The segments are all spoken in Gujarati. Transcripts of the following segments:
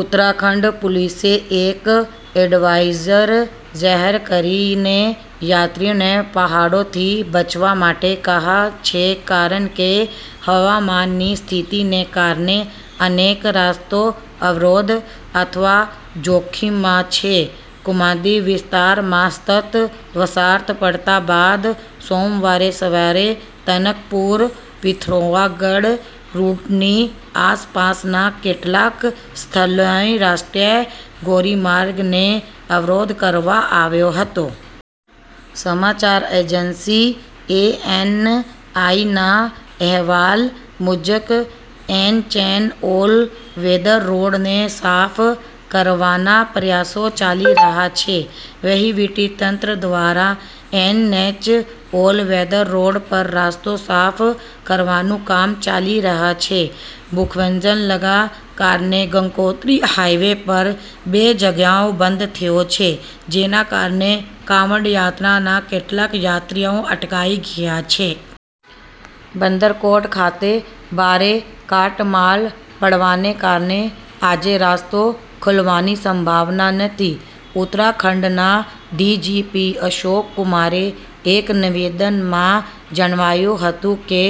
ઉત્તરાખંડ પોલીસે એક એડવાઇઝરી જાહેર કરીને યાત્રીઓને પહાડોથી બચવા માટે કહ્યું છે કારણ કે હવામાનની સ્થિતિને કારણે અનેક રસ્તાઓ અવરોધિત અથવા જોખમમાં છે. કુમાઉં વિસ્તારમાં સતત વરસાદ પડ્યા બાદ સોમવારે સવારે તનકપુર-પિથોરાગઢ રૂટની આસપાસના કેટલાક સ્થળોએ રાષ્ટ્રીય ધોરીમાર્ગ ને અવરોધિત કરવામાં આવ્યો હતો. સમાચાર એજન્સી એએનઆઈના અહેવાલ મુજબ એનએચ ઓલ વેધર રોડને સાફ કરવાના પ્રયાસો ચાલી રહ્યા છે. વહીવટીતંત્ર દ્વારા એનએચ ઓલ વેધર રોડ પર રસ્તો સાફ કરવાનું કામ ચાલી રહ્યું છે. ભૂસ્ખલનના કારણે ગંગોત્રી હાઇવે પણ બે જગ્યાએ બંધ થયો છે, જેના કારણે કાંવડ યાત્રાના કેટલાક યાત્રાળુઓ અટવાઈ ગયા છે. બંદરકોટ ખાતે ભારે કાટમાળ પડવાને કારણે આજે રસ્તો ખુલવાની સંભાવના નથી. ઉત્તરાખંડના ડીજીપી અશોક કુમારે એક નિવેદનમાં જણાવ્યું હતું કે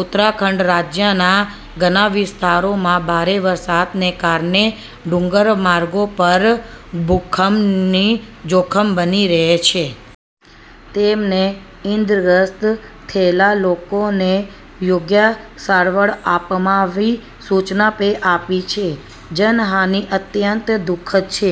ઉત્તરાખંડ રાજ્યના ઘણા વિસ્તારોમાં ભારે વરસાદને કારણે, ડુંગરાળ માર્ગો પર ભૂસ્ખલનનું જોખમ બની શકે છે. તેમણે ઇજાગ્રસ્ત થયેલા લોકોને યોગ્ય સારવાર આપવાની સૂચના પણ આપી છે. જાનહાનિ અત્યંત દુ:ખદ છે: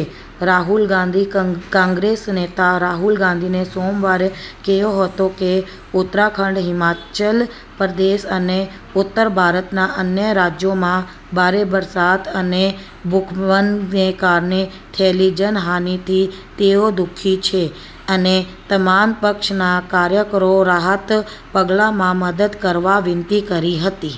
રાહુલ ગાંધી કોંગ્રેસ નેતા રાહુલ ગાંધીએ સોમવારે કહ્યું હતું કે ઉત્તરાખંડ, હિમાચલ પ્રદેશ અને ઉત્તર ભારતના અન્ય રાજ્યોમાં ભારે વરસાદ અને ભૂસ્ખલનને કારણે થયેલી જાનહાનિથી તેઓ દુ:ખી છે અને તમામ પક્ષના કાર્યકરોને રાહત પગલાંમાં મદદ કરવા વિનંતી કરી હતી.